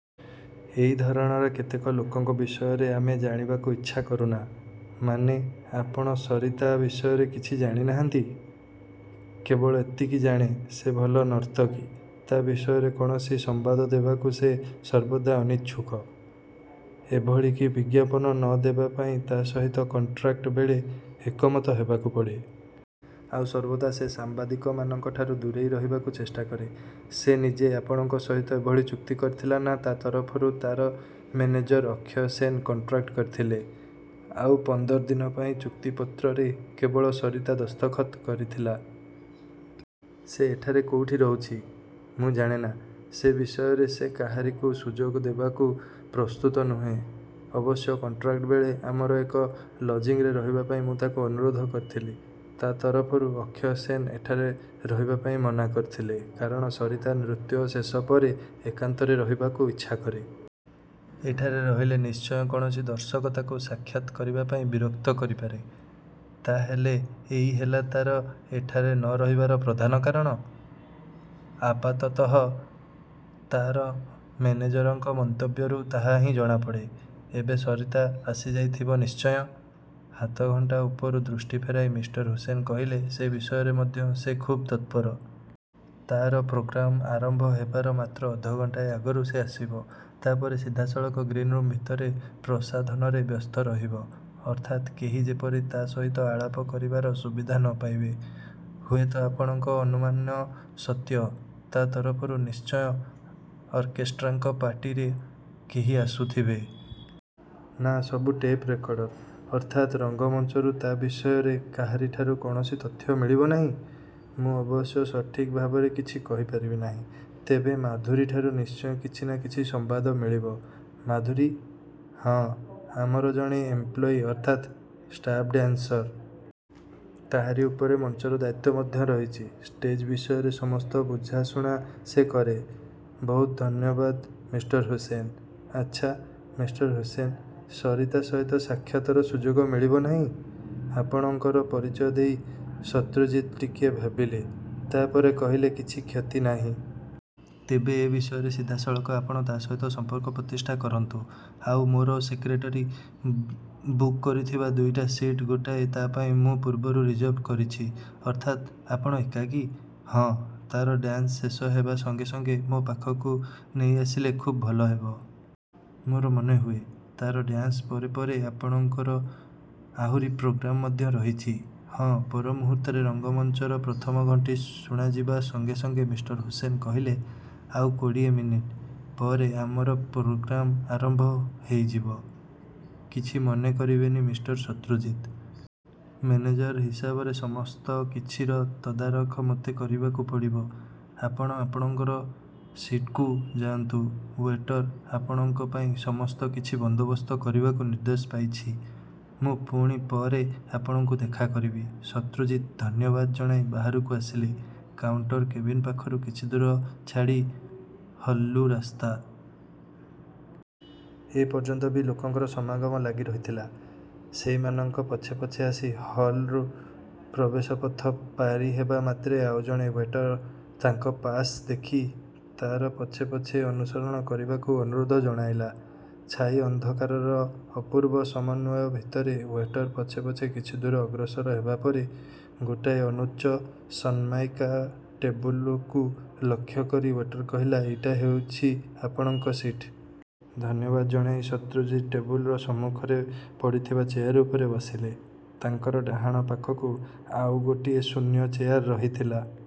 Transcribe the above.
ଏଇ ଧରଣର କେତେକ ଲୋକଙ୍କ ବିଷୟରେ ଆମେ ଜାଣିବାକୁ ଇଚ୍ଛା କରୁନା। ମାନେ, ଆପଣ ସରିତା ବିଷୟରେ କିଛି ଜାଣିନାହାନ୍ତି? କେବଳ ଏତିକି ଜାଣେ, ସେ ଭଲ ନର୍ତ୍ତକୀ। ତା' ବିଷୟରେ କୌଣସି ସମ୍ୱାଦ ଦେବାକୁ ସେ ସର୍ବଦା ଅନିଚ୍ଛୁକ। ଏଭଳିକି ବିଜ୍ଞାପନ ନ ଦେବା ପାଇଁ ତା' ସହିତ କଣ୍ଟ୍ରାକ୍ଟ୍ ବେଳେ ଏକମତ ହେବାକୁ ପଡ଼େ। ଆଉ ସର୍ବଦା ସେ ସାମ୍ବାଦିକମାନଙ୍କଠାରୁ ଦୂରେଇ ରହିବାକୁ ଚେଷ୍ଟା କରେ। ସେ ନିଜେ ଆପଣଙ୍କ ସହିତ ଏଭଳି ଚୁକ୍ତି କରିଥିଲା ନା, ତା' ତରଫରୁ ତା'ର ମେନେଜର ଅକ୍ଷୟ ସେନ୍ କଣ୍ଟ୍ରାକ୍ଟ କରିଥିଲେ। ଆଉ ପନ୍ଦର ଦିନ ପାଇଁ ଚୁକ୍ତିପତ୍ରରେ କେବଳ ସରିତା ଦସ୍ତଖତ୍ କରିଥିଲା। ସେ ଏଠାରେ କୋଉଠି ରହୁଛି? ମୁଁ ଜାଣେନା। ସେ ବିଷୟରେ ସେ କାହାରିକୁ ସୁଯୋଗ ଦେବାକୁ ପ୍ରସ୍ତୁତ ନୁହେଁ। ଅବଶ୍ୟ କଣ୍ଟ୍ରାକ୍ଟ ବେଳେ ଆମର ଏଇ ଲଜିଂରେ ରହିବାପାଇଁ ମୁଁ ତାକୁ ଅନୁରୋଧ କରିଥିଲି। ତା ତରଫରୁ ଅକ୍ଷୟ ସେନ୍ ଏଠାରେ ରହିବାପାଇଁ ମନା କରିଥିଲେ, କାରଣ ସରିତା ନୃତ୍ୟ ଶେଷ ପରେ ଏକାନ୍ତରେ ରହିବାକୁ ଇଚ୍ଛା କରେ। ଏଠାରେ ରହିଲେ ନିଶ୍ଚୟ କୌଣସି ଦର୍ଶକ ତାକୁ ସାକ୍ଷାତ୍ କରିବାପାଇଁ ବିରକ୍ତ କରିପାରେ। ତା'ହେଲେ ଏଇ ହେଲା ତା'ର ଏଠାରେ ନ ରହିବାର ପ୍ରଧାନ କାରଣ? ଆପାତତଃ ତା'ର ମେନେଜରଙ୍କ ମନ୍ତବ୍ୟରୁ ତାହା ହିଁ ଜଣାପଡ଼େ। ଏବେ ସରିତା ଆସିଯାଇଥିବ ନିଶ୍ଚୟ? ହାତଘଣ୍ଟା ଉପରୁ ଦୃଷ୍ଟି ଫେରାଇ ମିଷ୍ଟର ହୁସେନ କହିଲେ, ସେ ବିଷୟରେ ମଧ୍ୟ ସେ ଖୁବ୍ ତତ୍ପର। ତା'ର ପ୍ରୋଗ୍ରାମ ଆରମ୍ଭ ହେବାର ମାତ୍ର ଅଧଘଣ୍ଟାଏ ଆଗରୁ ସେ ଆସିବ। ତା'ପରେ ସିଧାସଳଖ ଗ୍ରୀନରୁମ ଭିତରେ ପ୍ରସାଧନରେ ବ୍ୟସ୍ତ ରହିବ। ଅର୍ଥାତ୍ କେହି ଯେପରି ତା' ସହିତ ଆଳାପ କରିବାର ସୁବିଧା ନ ପାଇବେ। ହୁଏତ ଆପଣଙ୍କ ଅନୁମାନ ସତ୍ୟ। ତା' ତରଫରୁ ନିଶ୍ଚୟ ଅର୍କେଷ୍ଟ୍ରାଙ୍କ ପାର୍ଟିର କେହି ଆସୁଥିବେ? ନା, ସବୁ ଟେପ୍ ରେକର୍ଡର। ଅର୍ଥାତ୍ ରଙ୍ଗମଞ୍ଚରୁ ତା' ବିଷୟରେ କାହାରିଠାରୁ କୌଣସି ତଥ୍ୟ ମିଳିବ ନାହିଁ? ମୁଁ ଅବଶ୍ୟ ସଠିକ୍ ଭାବରେ କିଛି କହିପାରିବି ନାହିଁ। ତେବେ ମାଧୁରୀଠାରୁ ନିଶ୍ଚୟ କିଛି ନା କିଛି ସମ୍ୱାଦ ମିଳିବ। ମାଧୁରୀ? ହଁ, ଆମର ଜଣେ ଏମ୍ପ୍ଳୟୀ, ଅର୍ଥାତ୍ ଷ୍ଟାପ୍ ଡ୍ୟାନ୍ସର। ତାହାରି ଉପରେ ମଞ୍ଚର ଦାୟିତ୍ୱ ମଧ୍ୟ ରହିଛି। ଷ୍ଟେଜ୍ ବିଷୟରେ ସମସ୍ତ ବୁଝାଶୁଣା ସେ କରେ। ବହୁତ ଧନ୍ୟବାଦ, ମିଷ୍ଟର ହୁସେନ୍! ଆଚ୍ଛା, ମିଷ୍ଟର ହୁସେନ୍, ସରିତା ସହିତ ସାକ୍ଷାତର ସୁଯୋଗ ମିଳିବ ନାହିଁ? ଆପଣଙ୍କର ପରିଚୟ ଦେଇ ଶତ୍ରୁଜିତ୍ ଟିକିଏ ଭାବିଲେ। ତା'ପରେ କହିଲେ କିଛି କ୍ଷତି ନାହିଁ। ତେବେ ଏ ବିଷୟରେ ସିଧାସଳଖ ଆପଣ ତା' ସହିତ ସମ୍ପର୍କ ପ୍ରତିଷ୍ଠା କରନ୍ତୁ। ଆଉ ମୋର ସେକ୍ରେଟେରୀ ବୁକ୍ କରିଥିବା ଦୁଇଟା ସିଟ୍ ଗୋଟାଏ ତା' ପାଇଁ ମୁଁ ପୂର୍ବରୁ ରିଜର୍ଭ କରିଛି। ଅର୍ଥାତ୍ ଆପଣ ଏକାକୀ? ହଁ, ତା'ର ଡ୍ୟାନ୍ସ ଶେଷ ହେବା ସଙ୍ଗେ ସଙ୍ଗେ ମୋ ପାଖକୁ ନେଇଆସିଲେ ଖୁବ୍ ଭଲ ହେବ। ମୋର ମନେହୁଏ, ତା'ର ଡ୍ୟାନ୍ସ ପରେ ପରେ ଆପଣଙ୍କର ଆହୁରି ପ୍ରୋଗ୍ରାମ ମଧ୍ୟ ରହିଛି। ହଁ, ପର ମୁହୂର୍ତ୍ତରେ ରଙ୍ଗମଞ୍ଚର ପ୍ରଥମ ଘଣ୍ଟି ଶୁଣାଯିବା ସଙ୍ଗେ ସଙ୍ଗେ ମିଷ୍ଟର ହୁସେନ୍ କହିଲେ, ଆଉ କୋଡୀ ଏମିନିଟ୍ ପରେ ଆମର ପ୍ରୋଗ୍ରାମ ଆରମ୍ଭ ହେଇଯିବ। କିଛି ମନେ କରିବେନି ମିଷ୍ଟର ଶତ୍ରୁଜିତ୍! ମେନେଜର ହିସାବରେ ସମସ୍ତ କିଛିର ତଦାରଖ ମୋତେ କରିବାକୁ ପଡ଼ିବ। ଆପଣ ଆପଣଙ୍କର ସିଟ୍କୁ ଯାଆନ୍ତୁ। ୱେଟର୍ ଆପଣଙ୍କ ପାଇଁ ସମସ୍ତ କିଛି ବନ୍ଦୋବସ୍ତ କରିବାକୁ ନିର୍ଦ୍ଦେଶ ପାଇଛି। ମୁଁ ପୁଣି ପରେ ଆପଣଙ୍କୁ ଦେଖା କରିବି। ଶତ୍ରୁଜିତ୍ ଧନ୍ୟବାଦ ଜଣାଇ ବାହାରକୁ ଆସିଲି। କାଉଣ୍ଟର କେବିନ ପାଖରୁ କିଛିଦୂର ଛାଡ଼ି ହଲ୍କୁ ରାସ୍ତା। ଏ ପର୍ଯ୍ୟନ୍ତ ବି ଲୋକଙ୍କର ସମାଗମ ଲାଗିରହିଥିଲା। ସେଇମାନଙ୍କ ପଛେ ପଛେ ଆସି ହଲ୍ଋ ପ୍ରବେଶପଥ ପାରି ହେବା ମାତ୍ରେ ଆଉ ଜଣେ ୱେଟର ତାଙ୍କର ପାସ୍ ଦେଖି ତା'ର ପଛେ ପଛେ ଅନୁସରଣ କରିବାକୁ ଅନୁରୋଧ ଜଣାଇଲା। ଛାଇ ଅନ୍ଧକାରର ଅପୂର୍ବ ସମନ୍ୱୟ ଭିତରେ ୱେଟର ପଛେ ପଛେ କିଛିଦୂର ଅଗ୍ରସର ହେବା ପରେ, ଗୋଟାଏ ଅନୁଚ୍ଚ ସନ୍ମାଇକା ଟେବୁଲକୁ ଲକ୍ଷ୍ୟ କରି ୱେଟର କହିଲା ଏଇଟା ହେଉଛି ଆପଣଙ୍କର ସିଟ୍। ଧନ୍ୟବାଦ ଜଣାଇ ଶତ୍ରୁଜିତ୍ ଟେବୁଲର ସମ୍ମୁଖରେ ପଡ଼ିଥିବା ଚେୟାର ଉପରେ ବସିଲେ। ତାଙ୍କର ଡାହାଣ ପାଖକୁ ଆଉ ଗୋଟିଏ ଶୂନ୍ୟ ଚେୟାର ରହିଥିଲା।